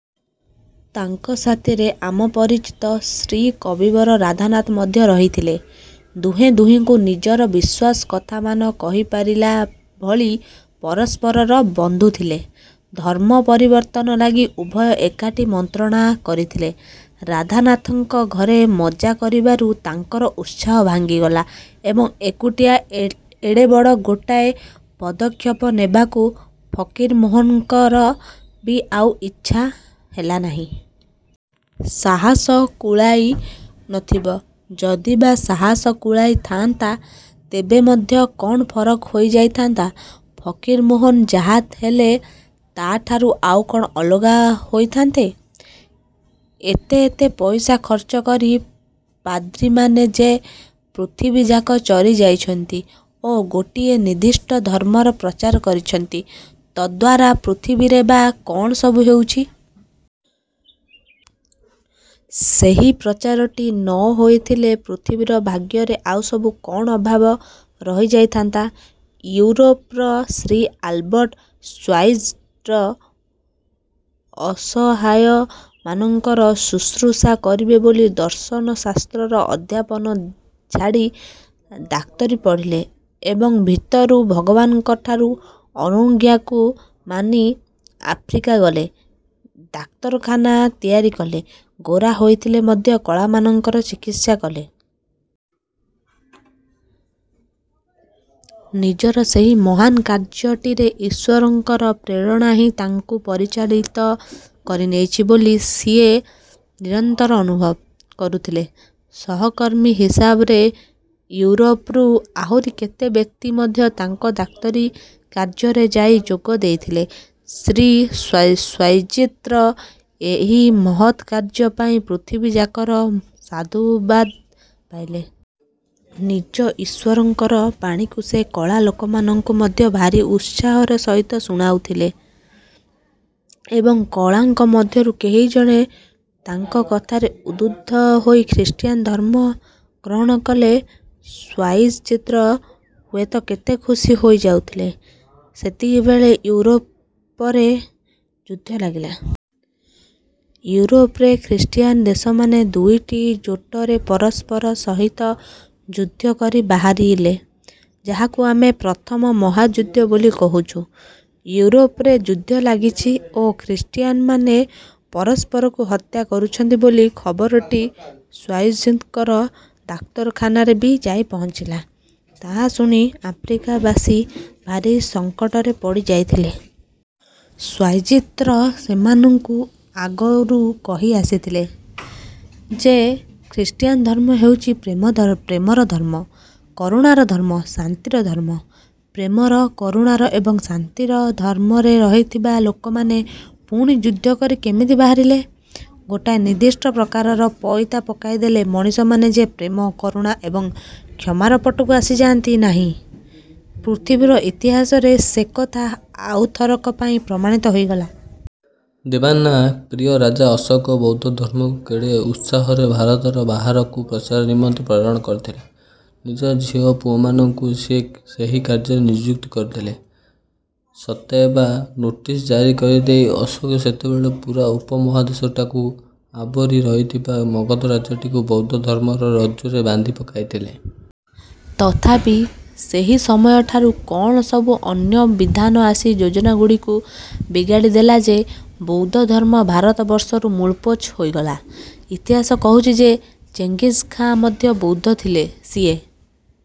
ତାଙ୍କ ସାଥିରେ ଆମ ପରିଚିତ ଶ୍ରୀ କବିବର ରାଧାନାଥ ମଧ୍ୟ ରହିଥିଲେ-। ଦୁହେଁ ଦୁହିଙ୍କୁ ନିଜର ବିଶ୍ୱାସ କଥାମାନ କହିପାରିଲା ଭଳି ପରସ୍ପରର ବନ୍ଧୁଥିଲେ। ଧର୍ମ ପରିବର୍ତ୍ତନ ଲାଗି ଉଭୟ ଏକାଠି ମନ୍ତ୍ରଣା କରିଥିଲେ। ରାଧାନାଥଙ୍କ ଘରେ ମଜା କରିବାରୁ ତାଙ୍କର ଉତ୍ସାହ ଭାଙ୍ଗିଗଲା ଏବଂ ଏକୁଟିଆ ଏଡ଼େ ବଡ଼ ଗୋଟାଏ ପଦକ୍ଷେପ ନେବାକୁ ଫକୀରମୋହନଙ୍କର ବି ଆଉ ଇଚ୍ଛା ହେଲା ନାହିଁ। ସାହସ କୁଳାଇ ନଥିବ। ଯଦି ବା ସାହସ କୁଳାଇ ଥାଆନ୍ତା, ତେବେ ମଧ୍ୟ କ'ଣ ଫରକ ହୋଇ ଯାଇଥାନ୍ତା? ଫକୀରମୋହନ ଯାହାହେଲେ, ତା'ଠାରୁ ଆଉ କ'ଣ ଅଲଗା ହୋଇଥାନ୍ତେ? ଏତେ ଏତେ ପଇସା ଖର୍ଚ୍ଚ କରି ପାଦ୍ରୀମାନେ ଯେ ପୃଥିବୀଯାକ ଚରି ଯାଇଛନ୍ତି ଓ ଗୋଟିଏ ନିର୍ଦ୍ଦିଷ୍ଟ ଧର୍ମର ପ୍ରଚାର କରିଛନ୍ତି, ତଦ୍ଦ୍ୱାରା ପୃଥିବୀରେ ବା କ'ଣ ସବୁ ହେଉଛି? ସେହି ପ୍ରଚାରଟି ନ ହୋଇଥିଲେ ପୃଥିବୀର ଭାଗ୍ୟରେ ଆଉ ସବୁ କ'ଣ ଅଭାବ ରହିଯାଇଥାନ୍ତା? ଇଉରୋପର ଶ୍ରୀ ଆଲବର୍ଟ ଶ୍ୱାଇତ୍ଜର୍ ଅସହାୟମାନଙ୍କର ଶୁଶ୍ରୂଷା କରିବେ ବୋଲି ଦର୍ଶନଶାସ୍ତ୍ରର ଅଧ୍ୟାପନା ଛାଡ଼ି ଡାକ୍ତରୀ ପଢ଼ିଲେ ଏବଂ ଭିତରୁ ଭଗବାନଙ୍କର ଅନୁଜ୍ଞାକୁ ମାନି ଆଫ୍ରିକା ଗଲେ। ଡାକ୍ତରଖାନା ତିଆରି କଲେ, ଗୋରା ହୋଇଥିଲେ ମଧ୍ୟ କଳାମାନଙ୍କର ଚିକିତ୍ସା କଲେ। ନିଜର ସେହି ମହାନ୍ କାର୍ଯ୍ୟଟିରେ ଈଶ୍ଵରଙ୍କର ପ୍ରେରଣା ହିଁ ତାଙ୍କୁ ପରିଚାଳିତ କରିନେଉଛି ବୋଲି ସିଏ ନିରନ୍ତର ଅନୁଭବ। କରୁଥିଲେ। ସହକର୍ମୀ ହିସାବରେ ଇଉରୋପରୁ ଆହୁରି କେତେ ବ୍ୟକ୍ତି ମଧ୍ୟ ତାଙ୍କ ଡାକ୍ତରୀ କାର୍ଯ୍ୟରେ ଯାଇ ଯୋଗ ଦେଇଥିଲେ। ଶ୍ରୀ ଶ୍ୱାଇତ୍ଜର୍ ଏହି ମହତ୍ କାର୍ଯ୍ୟ ପାଇଁ ପୃଥିବୀଯାକର ସାଧୁବାଦ ପାଇଲେ। ନିଜ ଈଶ୍ୱରଙ୍କର ବାଣୀକୁ ସେ କଳା ଲୋକମାନଙ୍କୁ ମଧ୍ୟ ଭାରି ଉତ୍ସାହର ସହିତ ଶୁଣାଉଥିଲେ ଏବଂ କଳାଙ୍କ ମଧ୍ୟରୁ କେହି ଜଣେ ତାଙ୍କ କଥାରେ ଉଦ୍ବୁଦ୍ଧ ହୋଇ ଖ୍ରୀଷ୍ଟିଆନ ଧର୍ମ ଗ୍ରହଣ କଲେ ଶ୍ୱାଇତ୍ଜର୍ ହୁଏତ କେତେ ଖୁସି ହୋଇ ଯାଉଥିଲେ। ସେତିକିବେଳେ ଇଉରୋପରେ ଯୁଦ୍ଧ ଲାଗିଲା। ଇଉରୋପରେ ଖ୍ରୀଷ୍ଟିଆନ ଦେଶମାନେ ଦୁଇଟି ଜୋଟରେ ପରସ୍ପର ସହିତ ଯୁଦ୍ଧ କରି ବାହାରିଲେ, ଯାହାକୁ ଆମେ ପ୍ରଥମ ମହାଯୁଦ୍ଧ ବୋଲି କହୁଛୁ। ଇଉରୋପରେ ଯୁଦ୍ଧ ଲାଗିଛି ଓ ଖ୍ରୀଷ୍ଟିଆନମାନେ ପରସ୍ପରକୁ ହତ୍ୟା କରୁଛନ୍ତି ବୋଲି ଖବରଟି ଶ୍ୱାଇତ୍ଜର୍ଙ୍କର ଡାକ୍ତରଖାନାରେ ବି ଯାଇ ପହଞ୍ଚିଲା। ତାହା ଶୁଣି ଆଫ୍ରିକାବାସୀ ଭାରି ସଂକଟରେ ପଡ଼ି ଯାଇଥିଲେ। ଶ୍ୱାଇତ୍ଜର୍ ସେମାନଙ୍କୁ ଆଗରୁ କହି ଆସିଥଲେ ଯେ, ଖ୍ରୀଷ୍ଟିୟାନ୍ ଧର୍ମ ହେଉଛି ପ୍ରେମର ଧର୍ମ, କରୁଣାର ଧର୍ମ, ଶାନ୍ତିର ଧର୍ମ। ପ୍ରେମର, କରୁଣାର ଏବଂ ଶାନ୍ତିର ଧର୍ମରେ ରହିଥିବା ଲୋକମାନେ ପୁଣି ଯୁଦ୍ଧ କରି କେମିତି ବାହାରିଲେ? ଗୋଟାଏ ନିର୍ଦ୍ଦିଷ୍ଟ ପ୍ରକାରର ପଇତା ପକାଇଦେଲେ ମଣିଷମାନେ ଯେ ପ୍ରେମ, କରୁଣା ଏବଂ କ୍ଷମାର ପଟକୁ ଆସିଯାଆନ୍ତି ନାହିଁ, ପୃଥିବୀର ଇତିହାସରେ ସେକଥା ଆଉଥରକ ପାଇଁ ପ୍ରମାଣିତ ହୋଇଗଲା। ଦେବାନାଂ ପ୍ରିୟ ରାଜା ଅଶୋକ ବୌଦ୍ଧ ଧର୍ମକୁ କେଡ଼େ ଉତ୍ସାହରେ ଭାରତର ବାହାରକୁ ପ୍ରଚାର ନିମନ୍ତେ ପ୍ରେରଣ କରିଥିଲେ। ନିଜର ଝିଅ ଓ ପୁଅମାନଙ୍କୁ ସିଏ ସେହି କାର୍ଯ୍ୟରେ ନିଯୁକ୍ତ କରିଥିଲେ। ସତେଅବା ନୋଟିସ୍ ଜାରି କରିଦେଇ ଅଶୋକ ସେତେବେଳେ ପୂରା ଉପମହାଦେଶଟାକୁ ଆବୋରି ରହିଥିବା ମଗଧ ରାଜ୍ୟଟିକୁ ବୌଦ୍ଧ ଧର୍ମର ରଜ୍ଜୁରେ ବାନ୍ଧି ପକାଇଥିଲେ। ତଥାପି, ସେହି ସମୟ ଠାରୁ କ'ଣ ସବୁ ଅନ୍ୟ ବିଧାନ ଆସି ଯୋଜନାଗୁଡ଼ିକୁ ବିଗାଡ଼ିଦେଲା ଯେ, ବୌଦ୍ଧଧର୍ମ ଭାରତବର୍ଷରୁ ମୂଳପୋଛ ହୋଇଗଲା। ଇତିହାସ କହୁଛି ଯେ, ଚେଙ୍ଗିଜ୍ ଖାଁ ମଧ୍ୟ ବୌଦ୍ଧ ଥିଲେ। ସିଏ